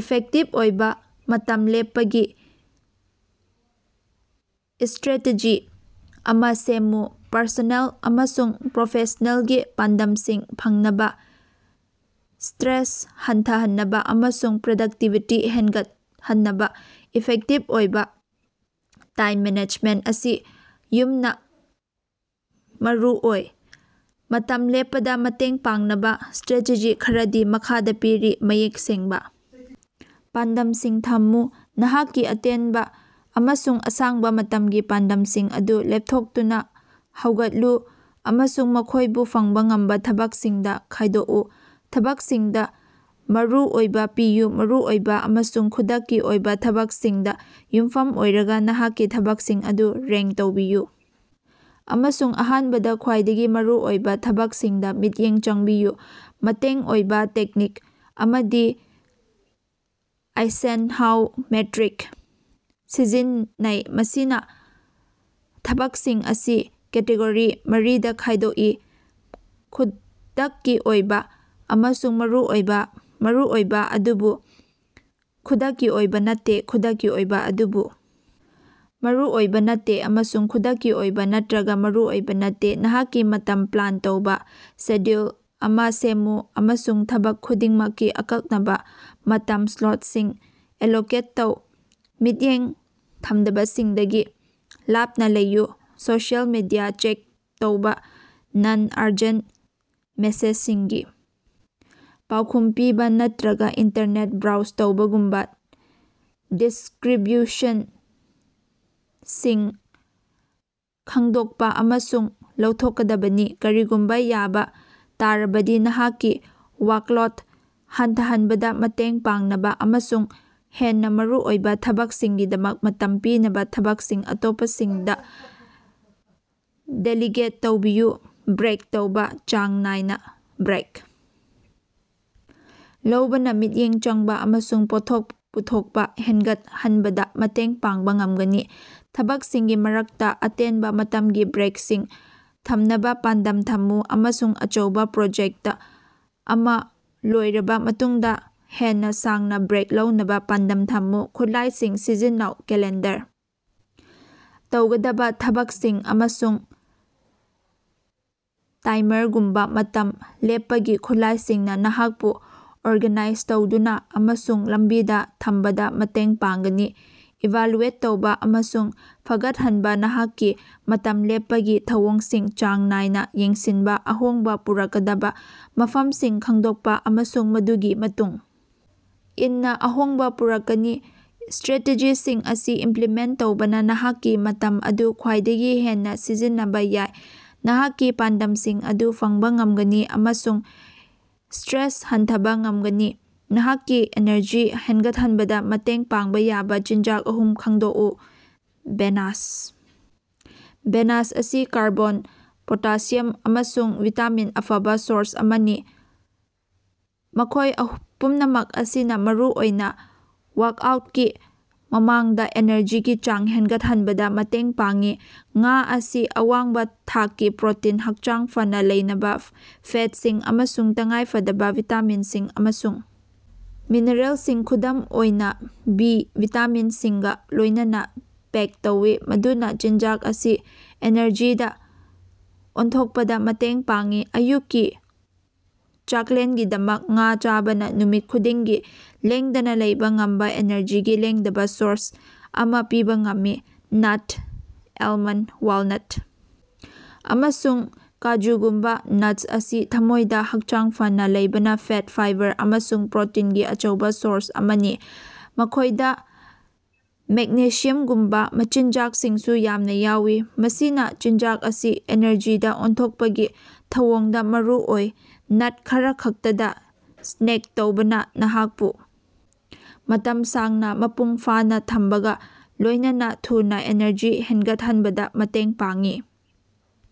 Effective ꯑꯣꯏꯕꯥ ꯃꯇꯝ ꯂꯦꯞꯄꯒꯤ ꯏꯁꯇ꯭ꯔꯦꯇꯦꯖꯤ ꯑꯃꯥ ꯁꯦꯝꯃꯨ꯫ ꯄꯔꯁꯣꯅꯦꯜ ꯑꯃꯁꯨꯡ ꯄ꯭ꯔꯣꯐꯦꯁꯅꯦꯜꯒꯤ ꯄꯥꯟꯗꯝꯁꯤꯡ ꯐꯪꯅꯕꯥ, ꯏꯁꯇ꯭ꯔꯦꯁ ꯍꯟꯊꯍꯟꯅꯕꯥ ꯑꯃꯁꯨꯡ ꯄ꯭ꯔꯗꯛꯇꯤꯕꯤꯇꯤ ꯍꯦꯟꯒꯠꯍꯟꯅꯕꯥ ꯏꯐꯦꯛꯇꯤꯕ ꯇꯥꯏꯝ ꯃꯦꯅꯦꯖꯃꯦꯟꯇ ꯑꯁꯤ ꯌꯨꯝꯅꯥ ꯃꯔꯨꯑꯣꯏ꯫ ꯃꯇꯝ ꯂꯦꯞꯄꯗꯥ ꯃꯇꯦꯡ ꯄꯥꯡꯅꯕꯥ ꯏꯁꯇ꯭ꯔꯦꯇꯦꯖꯤ ꯈꯔꯗꯤ ꯃꯈꯥꯗꯥ ꯄꯤꯔꯤ: ꯃꯌꯦꯛ ꯁꯦꯡꯕꯥ ꯄꯥꯟꯗꯝꯁꯤꯡ ꯊꯝꯃꯨ: ꯅꯍꯥꯛꯀꯤ ꯑꯇꯦꯟꯕꯥ ꯑꯃꯁꯨꯡ ꯑꯁꯥꯡꯕꯥ ꯃꯇꯝꯒꯤ ꯄꯥꯟꯗꯝꯁꯤꯡ ꯑꯗꯨ ꯂꯦꯞꯊꯣꯛꯇꯨꯅꯥ ꯍꯧꯒꯠꯂꯨ ꯑꯃꯁꯨꯡ ꯃꯈꯣꯏꯕꯨ ꯐꯪꯕꯥ ꯉꯝꯕꯥ ꯊꯕꯛꯁꯤꯡꯗꯥ ꯈꯥꯏꯗꯣꯛꯎ꯫ ꯊꯕꯛꯁꯤꯡꯗꯥ ꯃꯔꯨ ꯑꯣꯏꯕꯥ ꯄꯤꯌꯨ: ꯃꯔꯨꯑꯣꯏꯕꯥ ꯑꯃꯁꯨꯡ ꯈꯨꯗꯛꯀꯤ ꯑꯣꯏꯕꯥ ꯊꯕꯛꯁꯤꯡꯗꯥ ꯌꯨꯝꯐꯝ ꯑꯣꯏꯔꯒꯥ ꯅꯍꯥꯛꯀꯤ ꯊꯕꯛꯁꯤꯡ ꯑꯗꯨ ꯔꯦꯡ ꯇꯧꯕꯤꯌꯨ ꯑꯃꯁꯨꯡ ꯑꯍꯥꯟꯕꯗꯥ ꯈ꯭ꯋꯥꯏꯗꯒꯤ ꯃꯔꯨ ꯑꯣꯏꯕꯥ ꯊꯕꯛꯁꯤꯡꯗꯥ ꯃꯤꯠꯌꯦꯡ ꯆꯪꯕꯤꯌꯨ꯫ ꯃꯇꯦꯡ ꯑꯣꯏꯕꯥ ꯇꯦꯛꯅꯤꯛ ꯑꯃꯗꯤ ꯑꯥꯏꯁꯦꯟꯍꯥꯎ ꯃꯦꯇ꯭ꯔꯤꯛ ꯁꯤꯖꯤꯟꯅꯩ, ꯃꯁꯤꯅꯥ ꯊꯕꯛꯁꯤꯡ ꯑꯁꯤ ꯀꯦꯇꯦꯒꯣꯔꯤ ꯃꯔꯤꯗꯥ ꯈꯥꯏꯗꯣꯀꯏ: ꯈꯨꯗꯛꯀꯤ ꯑꯣꯏꯕꯥ ꯑꯃꯁꯨꯡ ꯃꯔꯨꯑꯣꯏꯕꯥ, ꯃꯔꯨꯑꯣꯏꯕꯥ ꯑꯗꯨꯕꯨ ꯈꯨꯗꯛꯀꯤ ꯑꯣꯏꯕꯥ ꯅꯠꯇꯦ, ꯈꯨꯗꯛꯀꯤ ꯑꯣꯏꯕꯥ ꯑꯗꯨꯕꯨ ꯃꯔꯨꯑꯣꯏꯕꯥ ꯅꯠꯇꯦ, ꯑꯃꯁꯨꯡ ꯈꯨꯗꯛꯀꯤ ꯑꯣꯏꯕꯥ ꯅꯠꯔꯒꯥ ꯃꯔꯨꯑꯣꯏꯕꯥ ꯅꯠꯇꯦ꯫ ꯅꯍꯥꯛꯀꯤ ꯃꯇꯝ ꯄ꯭ꯂꯥꯟ ꯇꯧꯕꯥ: ꯁꯦꯗ꯭ꯌꯨꯜ ꯑꯃꯥ ꯁꯦꯝꯃꯨ ꯑꯃꯁꯨꯡ ꯊꯕꯛ ꯈꯨꯗꯤꯡꯃꯛꯀꯤ ꯑꯀꯛꯅꯕꯥ ꯃꯇꯝ ꯁ꯭ꯂꯣꯠꯁꯤꯡ ꯑꯦꯂꯣꯀꯦꯠ ꯇꯧ꯫ ꯃꯤꯠꯌꯦꯡ ꯊꯝꯗꯕꯁꯤꯡꯗꯒꯤ ꯂꯥꯞꯅꯥ ꯂꯩꯌꯨ: ꯁꯣꯁꯤꯑꯦꯜ ꯃꯤꯗꯤꯌꯥ ꯆꯦꯛ ꯇꯧꯕꯥ, ꯅꯟ-ꯑꯔꯖꯦꯟꯇ ꯃꯦꯁꯦꯖꯁꯤꯡꯒꯤ ꯄꯥꯎꯈꯨꯝ ꯄꯤꯕꯥ, ꯅꯠꯇ꯭ꯔꯒꯥ ꯏꯟꯇꯔꯅꯦꯠ ꯕ꯭ꯔꯥꯎꯖ ꯇꯧꯕꯒꯨꯝꯕꯥ ꯗꯤꯁꯀ꯭ꯔꯤꯕ꯭ꯌꯨꯁꯟꯁꯤꯡ ꯈꯪꯗꯣꯛꯄꯥ ꯑꯃꯁꯨꯡ ꯂꯧꯊꯣꯛꯀꯗꯕꯅꯤ꯫ ꯀꯔꯤꯒꯨꯝꯕꯥ ꯌꯥꯕꯥ ꯇꯥꯔꯕꯗꯤ, ꯅꯍꯥꯛꯀꯤ ꯋꯥꯛꯂꯣꯠ ꯍꯟꯊꯍꯟꯕꯗꯥ ꯃꯇꯦꯡ ꯄꯥꯡꯅꯕꯥ ꯑꯃꯁꯨꯡ ꯍꯦꯟꯅꯥ ꯃꯔꯨꯑꯣꯏꯕꯥ ꯊꯕꯛꯁꯤꯡꯒꯤꯗꯃꯛ ꯃꯇꯝ ꯄꯤꯅꯕꯥ ꯊꯕꯛꯁꯤꯡ ꯑꯇꯣꯞꯄꯁꯤꯡꯗꯥ ꯗꯦꯂꯤꯒꯦꯠ ꯇꯧꯕꯤꯎ꯫ ꯕ꯭ꯔꯦꯛ ꯇꯧꯕꯥ: ꯆꯥꯡ ꯅꯥꯏꯅꯥ ꯕ꯭ꯔꯦꯛ ꯂꯧꯕꯅꯥ ꯃꯤꯠꯌꯦꯡ ꯆꯪꯕꯥ ꯑꯃꯁꯨꯡ ꯄꯣꯠꯊꯣꯛ ꯄꯨꯊꯣꯛꯄꯥ ꯍꯦꯟꯅꯒꯠꯍꯟꯕꯗꯥ ꯃꯇꯦꯡ ꯄꯥꯡꯕꯥ ꯉꯝꯒꯅꯤ꯫ ꯊꯕꯛꯁꯤꯡꯒꯤ ꯃꯔꯛꯇꯥ ꯑꯇꯦꯟꯕꯥ ꯃꯇꯝꯒꯤ ꯕ꯭ꯔꯦꯛꯁꯤꯡ ꯊꯝꯅꯕꯥ ꯄꯥꯟꯗꯝ ꯊꯝꯃꯨ ꯑꯃꯁꯨꯡ ꯑꯆꯧꯕꯥ ꯄ꯭ꯔꯣꯖꯦꯛꯇ ꯑꯃꯥ ꯂꯣꯏꯔꯕꯥ ꯃꯇꯨꯡꯗꯥ ꯍꯦꯟꯅꯥ ꯁꯥꯡꯅꯥ ꯕ꯭ꯔꯦꯛ ꯂꯧꯅꯕꯥ ꯄꯥꯟꯗꯝ ꯊꯝꯃꯨ꯫ ꯈꯨꯠꯂꯥꯏꯁꯤꯡ ꯁꯤꯖꯤꯟꯅꯧ: ꯀꯦꯂꯦꯟꯗꯔ, ꯇꯧꯒꯗꯕꯥ ꯊꯕꯛꯁꯤꯡ ꯑꯃꯁꯨꯡ ꯇꯥꯏꯃꯔꯒꯨꯝꯕꯥ ꯃꯇꯝ ꯂꯦꯞꯄꯒꯤ ꯈꯨꯠꯂꯥꯏꯁꯤꯡꯅꯥ ꯅꯍꯥꯛꯄꯨ ꯑꯣꯔꯒꯅꯥꯏꯖ ꯇꯧꯗꯨꯅꯥ ꯑꯃꯁꯨꯡ ꯂꯝꯕꯤꯗꯥ ꯊꯝꯕꯗꯥ ꯃꯇꯦꯡ ꯄꯥꯡꯒꯅꯤ꯫ ꯏꯚꯥꯂꯨꯑꯦꯠ ꯇꯧꯕꯥ ꯑꯃꯁꯨꯡ ꯐꯒꯠꯍꯟꯕꯥ: ꯅꯍꯥꯛꯀꯤ ꯃꯇꯝ ꯂꯦꯞꯄꯒꯤ ꯊꯧꯑꯣꯡꯁꯤꯡ ꯆꯥꯡ ꯅꯥꯏꯅꯥ ꯌꯦꯡꯁꯤꯟꯕꯥ, ꯑꯍꯣꯡꯕꯥ ꯄꯨꯔꯛꯀꯗꯕꯥ ꯃꯐꯝꯁꯤꯡ ꯈꯪꯗꯣꯛꯄꯥ ꯑꯃꯁꯨꯡ ꯃꯗꯨꯒꯤ ꯃꯇꯨꯡ ꯏꯟꯅꯥ ꯑꯍꯣꯡꯕꯥ ꯄꯨꯔꯛꯀꯅꯤ꯫ ꯏꯁꯇ꯭ꯔꯥꯇꯦꯖꯤꯁꯤꯡ ꯑꯁꯤ ꯏꯝꯄ꯭ꯂꯤꯃꯦꯟ ꯇꯧꯕꯅꯥ ꯅꯍꯥꯛꯀꯤ ꯃꯇꯝ ꯑꯗꯨ ꯈ꯭ꯋꯥꯏꯗꯒꯤ ꯍꯦꯟꯅꯥ ꯁꯤꯖꯤꯟꯅꯕꯥ ꯌꯥꯏ, ꯅꯍꯥꯛꯀꯤ ꯄꯥꯟꯗꯝꯁꯤꯡ ꯑꯗꯨ ꯐꯪꯕꯥ ꯉꯝꯒꯅꯤ ꯑꯃꯁꯨꯡ ꯏꯁꯇ꯭ꯔꯦꯁ ꯍꯟꯊꯍꯟꯕꯥ ꯉꯝꯒꯅꯤ꯫ ꯅꯍꯥꯛꯀꯤ ꯑꯦꯅꯔꯖꯤ ꯍꯦꯟꯒꯠꯍꯟꯕꯗꯥ ꯃꯇꯦꯡ ꯄꯥꯡꯕꯥ ꯌꯥꯕꯥ ꯆꯤꯟꯖꯥꯛ ꯑꯍꯨꯝ ꯈꯪꯗꯣꯛꯎ꯫ ꯕꯦꯅꯥꯁ: ꯕꯦꯅꯥꯁ ꯑꯁꯤ ꯀꯥꯔꯕꯣꯟ, ꯄꯣꯇꯥꯁꯤꯌꯝ ꯑꯃꯁꯨꯡ ꯚꯤꯇꯥꯃꯤꯟ ꯑꯐꯕꯥ ꯁꯣꯔꯁ ꯑꯃꯅꯤ, ꯃꯈꯣꯏ ꯑꯍꯨ ꯄꯨꯝꯅꯃꯛ ꯑꯁꯤꯅꯥ ꯃꯔꯨꯑꯣꯏꯅꯥ ꯋꯥꯛꯑꯥꯎꯇꯀꯤ ꯃꯃꯥꯡꯗꯥ ꯑꯦꯅꯔꯖꯤꯒꯤ ꯆꯥꯡ ꯍꯦꯟꯒꯠꯍꯟꯕꯗꯥ ꯃꯇꯦꯡ ꯄꯥꯡꯏ꯫ ꯉꯥ ꯑꯁꯤ ꯑꯋꯥꯡꯕꯥ ꯊꯥꯛꯀꯤ ꯄ꯭ꯔꯣꯇꯤꯟ, ꯍꯛꯆꯥꯡ ꯐꯅꯥ ꯂꯩꯅꯕꯥ ꯐꯦꯠꯁꯤꯡ ꯑꯃꯁꯨꯡ ꯇꯉꯥꯏꯐꯗꯕꯥ ꯚꯤꯇꯥꯃꯤꯟꯁꯤꯡ ꯑꯃꯁꯨꯡ ꯃꯤꯅꯔꯦꯜꯁꯤꯡ, ꯈꯨꯗꯝ ꯑꯣꯏꯅꯥ ꯕꯤ ꯚꯤꯇꯥꯃꯤꯟꯁꯤꯡꯒꯥ ꯂꯣꯏꯅꯅꯥ ꯄꯦꯛ ꯇꯧꯏ, ꯃꯗꯨꯅꯥ ꯆꯤꯟꯖꯥꯛ ꯑꯁꯤ ꯑꯦꯅꯔꯖꯤꯗꯥ ꯑꯣꯟꯊꯣꯛꯄꯗꯥ ꯃꯇꯦꯡ ꯄꯥꯡꯏ꯫ ꯑꯌꯨꯛꯀꯤ ꯆꯥꯛꯂꯦꯟꯒꯤꯗꯃꯛ ꯉꯥ ꯆꯥꯕꯅꯥ ꯅꯨꯃꯤꯠ ꯈꯨꯗꯤꯡꯒꯤ ꯂꯦꯡꯗꯅꯥ ꯂꯩꯕꯥ ꯉꯝꯕꯥ ꯑꯦꯅꯔꯖꯤꯒꯤ ꯂꯦꯡꯗꯕꯥ ꯁꯣꯔꯁ ꯑꯃꯥ ꯄꯤꯕꯥ ꯉꯝꯃꯤ꯫ ꯅꯠ: ꯑꯦꯜꯃꯟꯗ, ꯋꯥꯜꯅꯠ ꯑꯃꯁꯨꯡ ꯀꯥꯖꯨꯒꯨꯝꯕꯥ ꯅꯠꯁ ꯑꯁꯤ ꯊꯝꯃꯣꯏꯗꯥ ꯍꯛꯆꯥꯡ ꯐꯅꯥ ꯂꯩꯅꯕꯥ ꯐꯦꯠ, ꯐꯥꯏꯕꯔ ꯑꯃꯁꯨꯡ ꯄ꯭ꯔꯣꯇꯤꯟꯒꯤ ꯑꯆꯧꯕꯥ ꯁꯣꯔꯁ ꯑꯃꯅꯤ꯫ ꯃꯈꯣꯏꯗꯥ ꯃꯦꯛꯅꯦꯁꯤꯌꯝꯒꯨꯝꯕꯥ ꯃꯆꯤꯟꯖꯥꯛꯁꯤꯡꯁꯨ ꯌꯥꯝꯅꯥ ꯌꯥꯎꯏ, ꯃꯁꯤꯅꯥ ꯆꯤꯟꯖꯥꯛ ꯑꯁꯤ ꯏꯅꯔꯖꯤꯗꯥ ꯑꯣꯟꯊꯣꯛꯄꯒꯤ ꯊꯧꯑꯣꯡꯗꯥ ꯃꯔꯨ ꯑꯣꯏ꯫ ꯅꯠ ꯈꯔꯈꯛꯇꯗꯥ ꯁ꯭ꯅꯦꯛ ꯇꯧꯕꯅꯥ ꯅꯍꯥꯛꯄꯨ ꯃꯇꯝ ꯁꯥꯡꯅꯥ ꯃꯄꯨꯡ ꯐꯥꯅꯥ ꯊꯝꯕꯒꯥ ꯂꯣꯏꯅꯅꯥ ꯊꯨꯅꯥ ꯑꯦꯅꯔꯖꯤ ꯍꯦꯟꯒꯠꯍꯟꯕꯗꯥ ꯃꯇꯦꯡ ꯄꯥꯡꯏ꯫